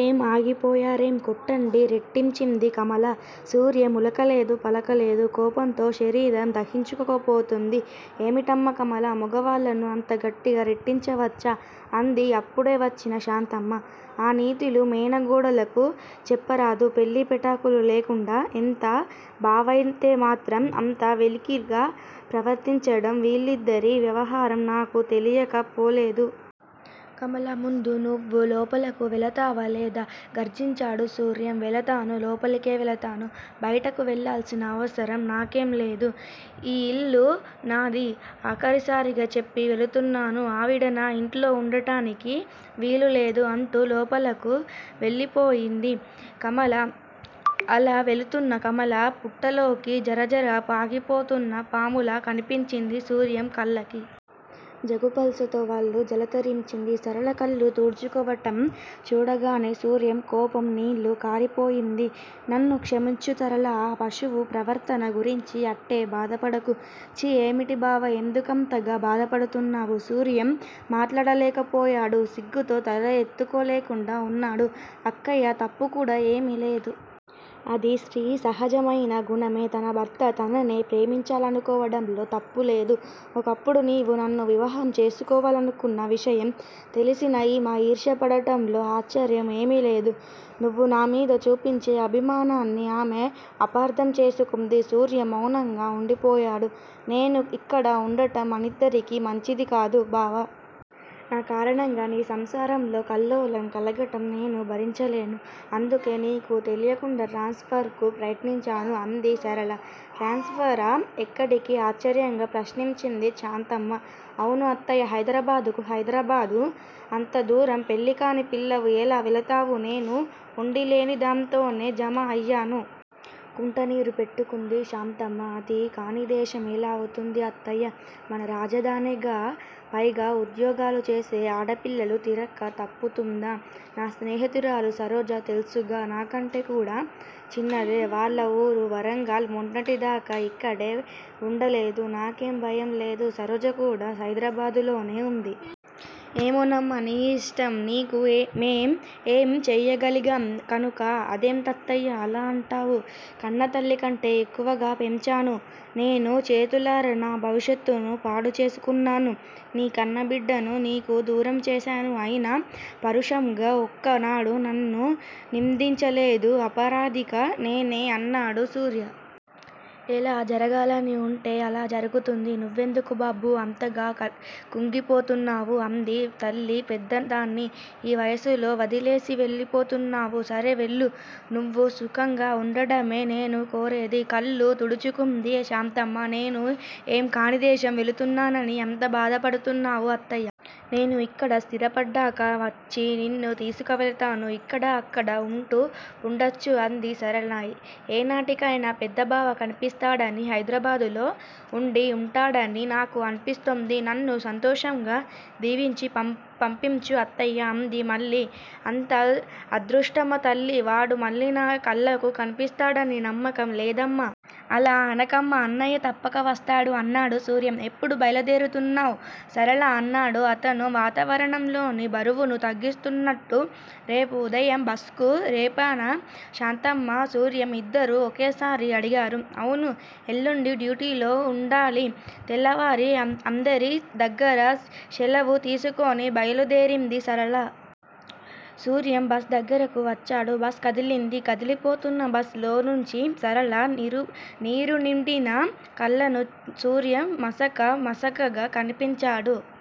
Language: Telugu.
ఏం, ఆగిపోయారేం? కొట్టండి! రెట్టించింది కమల. సూర్యం ఉలకలేదు పలకలేదు. కోపంతో శరీరం దహించుకుపోతోంది. ఏమిటమ్మా కమలా మొగవాళ్ళను అంత గట్టిగా రెట్టించవచ్చా? అంది అప్పుడే వచ్చిన శాంతమ్మ. ఆ నీతులు మేనగోడలకు చెప్పరాదూ? పెళ్ళి పెటాకులు లేకుండా- ఎంత బావైతేమాత్రం అంత వెలికిగా ప్రవర్తించడం- వీళ్ళిద్దరి వ్యవహారం నాకు తెలియక పోలేదు. కమలా ముందు నువ్వు లోపలకు వెళతావా లేదా? గర్జించాడు సూర్యం. వెళతాను. లోపలకే వెళతాను. బయటకు వెళ్ళాల్సిన అవసరం నాకేంలేదు. ఈ ఇల్లు నాది. ఆఖరుసారిగా చెప్పి వెళుతున్నాను, ఆవిడ నా ఇంట్లో ఉండటానికి వీలులేదు అంటూ లోపలకు వెళ్ళిపోయింది కమల. అలా వెళుతున్న కమల పుట్టలోకి జరజరా పాకిపోతున్న పాములా కనిపించింది సూర్యం కళ్ళకి. జగుపల్సతో వళ్ళు జలతరించింది. సరళ కళ్ళు తుడుచుకోవటం చూడగానే సూర్యం కోపం నీళ్ళు కారిపోయింది. నన్ను క్షమించు సరళా! ఆ పశువు ప్రవర్తన గురించి అట్టే బాధపడకు. ఛీ! ఏమిటి బావా, ఎందుకంతగా బాధపడుతున్నావు? సూర్యం మాట్లాడలేకపోయాడు. సిగ్గుతో తల ఎత్తుకోలేకుండా ఉన్నాడు. అక్కయ్య తప్పుకూడా ఏమీలేదు. అది స్త్రీ సహజమైన గుణమే! తన భర్త తననే ప్రేమించాలనుకోవడంలో తప్పులేదు. ఒకప్పుడు నీవు నన్ను వివాహం చేసుకోవాలనుకున్న విషయం తెలిసిన ఈమె ఈర్ష్యపడటంలో ఆశ్చర్యం ఏమీలేదు. నువ్వు నామీద చూపించే అభిమానాన్ని ఆమె అపార్ధం చేసుకుంది సూర్యం మౌనంగా ఉండిపోయాడు. నేను ఇక్కడ ఉండటం మనిద్దరికీ మంచిదికాదు బావా! నా కారణంగా నీ సంసారంలో కల్లోలం కలగటం నేను భరించలేను. అందుకే నీకు తెలియకుండా ట్రాన్స్ ఫర్ కు ప్రయత్నించాను అంది సరళ. ట్రాన్స్ ఫరా? ఎక్కడికి? ఆశ్చర్యంగా ప్రశ్నించింది శాంతమ్మ. అవును అత్తయ్య! హైదరాబాదుకు. హైదరాబాదు! అంతదూరం పెళ్ళికాని పిల్లవు ఎలా వెళతావు? నేను ఉండీ లేనిదాంతోనే జమ అయ్యాను. కుంట నీరు పెట్టుకుంది శాంతమ్మ. అది కానిదేశం ఎలా అవుతుంది అత్తయ్యా! మన రాజధానేగా? పైగా ఉద్యోగాలుచేసే ఆడపిల్లలు తిరక్క తప్పుతుందా? నా స్నేహితురాలు సరోజ తెల్సుగా? నాకంటేకూడా చిన్నదే. వాళ్ళ ఊరు వరంగల్. మొన్నటిదాకా ఇక్కడే వుండలేదూ? నాకేం భయం లేదు. సరోజ కూడా హైదరాబాదులోనే ఉంది. ఏమోనమ్మా, నీ ఇష్టం! నీకు మేం ఏం చెయ్యగలిగాం కనుక? అదేంటత్తయ్యా అలా అంటావు? కన్నతల్లికంటే ఎక్కువగా పెంచాను. నేను చేతులారా నా భవిష్యత్తును పాడు చేసుకున్నాను. నీ కన్నబిడ్డను నీకు దూరం చేశాను. అయినా పరుషంగా ఒక్కనాడూ నన్ను నిందించలేదు. అపరాధిగా నేనే! అన్నాడు సూర్య. ఎలా జరగాలని ఉంటే అలా జరుగుతుంది. నువ్వెందుకు బాబూ అంతగా కుంగిపోతున్నావు? అంది తల్లి. పెద్దదాన్ని, ఈ వయసులో వదిలేసి వెళ్ళిపోతున్నావు. సరే వెళ్ళు! నువ్వు సుఖంగా వుండడమే నేను కోరేది. కళ్ళు తుడుచుకుంది శాంతమ్మ. నేను ఏం కానిదేశం వెళుతున్నానని అంత బాధపడుతున్నావు అత్తయ్యా! నేను ఇక్కడ స్థిరపడ్డాక వచ్చి నిన్ను తీసుకవేళతాను. ఇక్కడా అక్కడా ఉంటూవుండొచ్చు అంది సరళ. ఏనాటికైనా పెద్దబావ కన్పిస్తాడనీ, హైదరాబాదులో ఉండి ఉంటాడనీ నాకు అన్పిస్తోంది. నన్ను సంతోషంగా దీవించి పంపించు అత్తయ్యా! అంది మళ్ళీ. అంత అదృష్టమా తల్లీ! వాడు మళ్ళీ నా కళ్ళకు కన్పిస్తాడని నమ్మకం లేదమ్మా! అలా అనకమ్మా! అన్నయ్య తప్పక వస్తాడు! అన్నాడు సూర్యం. ఎప్పుడు బయలుదేరుతున్నావ్ సరళా? అన్నాడు అతను వాతావరణంలోని బరువును తగ్గిస్తున్నట్టు. రేపు ఉదయం బస్ కు. రేపేనా? శాంతమ్మా, సూర్యం ఇద్దరూ ఒకేసారి అడిగారు. అవును. ఎల్లుండి డ్యూటీలో ఉండాలి. తెల్లవారి అందరి దగ్గరా శెలవు తీసుకొని బయలుదేరింది సరళ. సూర్యం బస్ దగ్గరకు వచ్చాడు. బస్ కదిలింది. కదిలిపోతున్న బస్ లోనుంచి, సరళ నీరునిండిన కళ్ళను సూర్యం మసక మసకగా కన్పించాడు.